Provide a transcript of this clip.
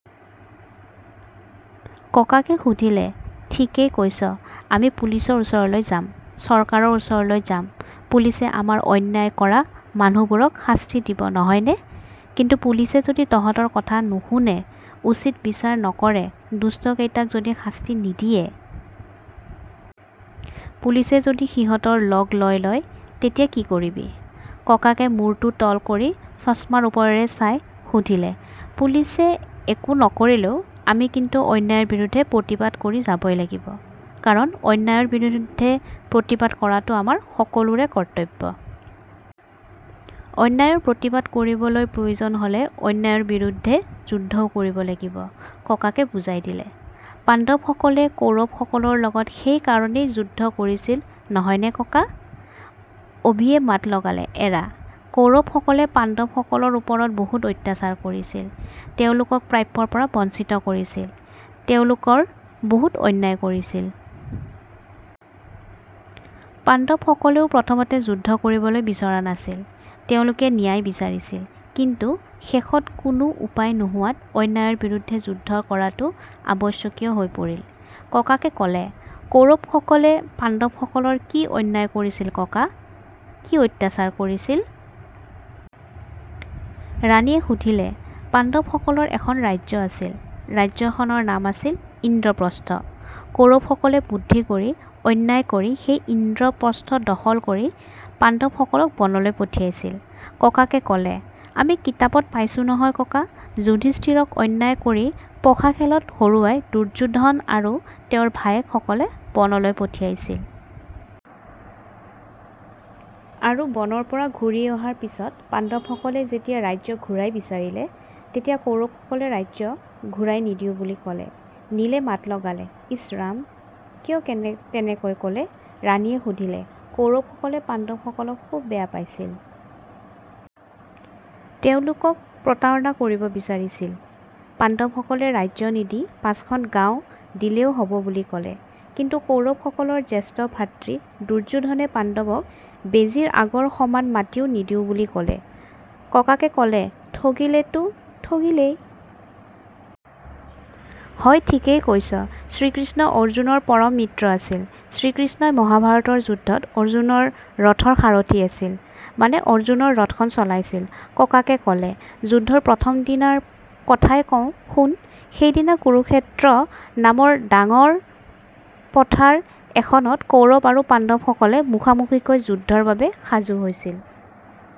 ককাকে সুধিলে। "ঠিকেই কৈছ। আমি পুলিছৰ ওচৰলৈ যাম, চৰকাৰৰ ওচৰলৈ যাম। পুলিছে আমাৰ অন্যায় কৰা মানুহবোৰক শাস্তি দিব নহয়নে"? "কিন্তু পুলিছে যদি তহঁতৰ কথা নুশুনে, উচিত বিচাৰ নকৰে, দুষ্ট কেইটাক যদি শাস্তি নিদিয়ে? পুলিছে যদি সিহঁতৰ লগ হৈ লয়, তেতিয়া কি কৰিবি"? ককাকে মূৰটো তল কৰি চশমাৰ ওপৰেৰে চাই সুধিলে। "পুলিছে একো নকৰিলেও আমি কিন্তু অন্যায়ৰ বিৰুদ্ধে প্ৰতিবাদ কৰি যাবই লাগিব। কাৰণ অন্যায়ৰ বিৰুদ্ধে প্ৰতিবাদ কৰাটো আমাৰ সকলোৰে কৰ্তব্য। অন্যায়ৰ প্ৰতিবাদ কৰিবলৈ প্ৰয়োজন হ'লে অন্যায়ৰ বিৰুদ্ধে যুদ্ধও কৰিব লাগিব"। ককাকে বুজাই দিলে। "পাণ্ডৱ সকলে কৌৰৱ সকলৰ লগত সেই কাৰণেই যুদ্ধ কৰিছিল, নহয়নে ককা", অভিয়ে মাত লগালে। "এৰা, কৌৰৱ সকলে পাণ্ডৱ সকলৰ ওপৰত বহুত অত্যাচাৰ কৰিছিল, তেওঁলোকক প্ৰাপ্যৰ পৰা বঞ্চিত কৰিছিল, তেওঁলোকৰ বহুত অন্যায় কৰিছিল। পাণ্ডৱ সকলেও প্ৰথমতে যুদ্ধ কৰিবলৈ বিচৰা নাছিল। তেওঁলোকে ন্যায় বিচাৰিছিল। কিন্তু শেষত কোনো উপায় নোহোৱাত অন্যায়ৰ বিৰুদ্ধে যুদ্ধ কৰাটো আৱশ্যকীয় হৈ পৰিল"। ককাকে ক'লে। "কৌৰৱ সকলে পাণ্ডৱ সকলৰ কি অন্যায় কৰিছিল ককা? কি অত্যাচাৰ কৰিছিল"? ৰাণীয়ে সুধিলে। "পাণ্ডৱ সকলৰ এখন ৰাজ্য আছিল। ৰাজ্যখনৰ নাম আছিল ইন্দ্ৰপ্ৰস্থ। কৌৰৱ সকলে বুদ্ধি কৰি, অন্যায় কৰি সেই ইন্দ্ৰপ্ৰস্থ দখল কৰি পাণ্ডৱ সকলক বনলৈ পঠিয়াইছিল"। ককাকে ক'লে। "আমি কিতাপত পাইছো নহয় ককা। যুধিস্থিৰক অন্যায় কৰি পাশা খেলত হৰুৱাই দুৰ্যোধন আৰু তেওঁৰ ভায়েক সকলে বনলৈ পঠিয়াইছিল। আৰু বনৰ পৰা ঘূৰি অহাৰ পিছত পাণ্ডৱ সকলে যেতিয়া ৰাজ্য ঘূৰাই বিচাৰিলে তেতিয়া কৌৰৱ সকলে ৰাজ্য ঘূৰাই নিদিওঁ বুলি ক'লে", নীলে মাত লগালে। "ইছ ৰাম। কিয় তেনেকৈ ক'লে"? ৰাণীয়ে সুধিলে। "কৌৰৱ সকলে পাণ্ডৱ সকলক খুব বেয়া পাইছিল। তেওঁলোকক প্ৰতাৰণা কৰিব বিচাৰিছিল। পাণ্ডৱ সকলে ৰাজ্য নিদি পাঁচখন গাওঁ দিলেও হ'ব বুলি ক'লে। কিন্তু কৌৰৱ সকলৰ জ্যেষ্ঠ ভাতৃ দুৰ্যোধনে পাণ্ডৱক বেজীৰ আগৰ সমান মাটিও নিদিওঁ বুলি ক'লে"। ককাকে ক'লে "ঠগিলে তো ঠগিলেই। "হয়, ঠিকেই কৈছ। শ্ৰীকৃষ্ণ অৰ্জুনৰ পৰম মিত্ৰ আছিল। শ্ৰীকৃষ্ণই মহাভাৰতৰ যুদ্ধত অৰ্জুনৰ ৰথৰ সাৰথি আছিল। মানে অৰ্জুনৰ ৰথখন চলাইছিল"। ককাকে ক'লে। "যুদ্ধৰ প্ৰথম দিনৰ কথাই কওঁ শুন। সেইদিনা কুৰুক্ষেত্ৰ নামৰ ডাঙৰ পথাৰ এখনত কৌৰৱ আৰু পাণ্ডৱ সকল মুখামুখিকৈ যুদ্ধৰ বাবে সাজু হৈছিল।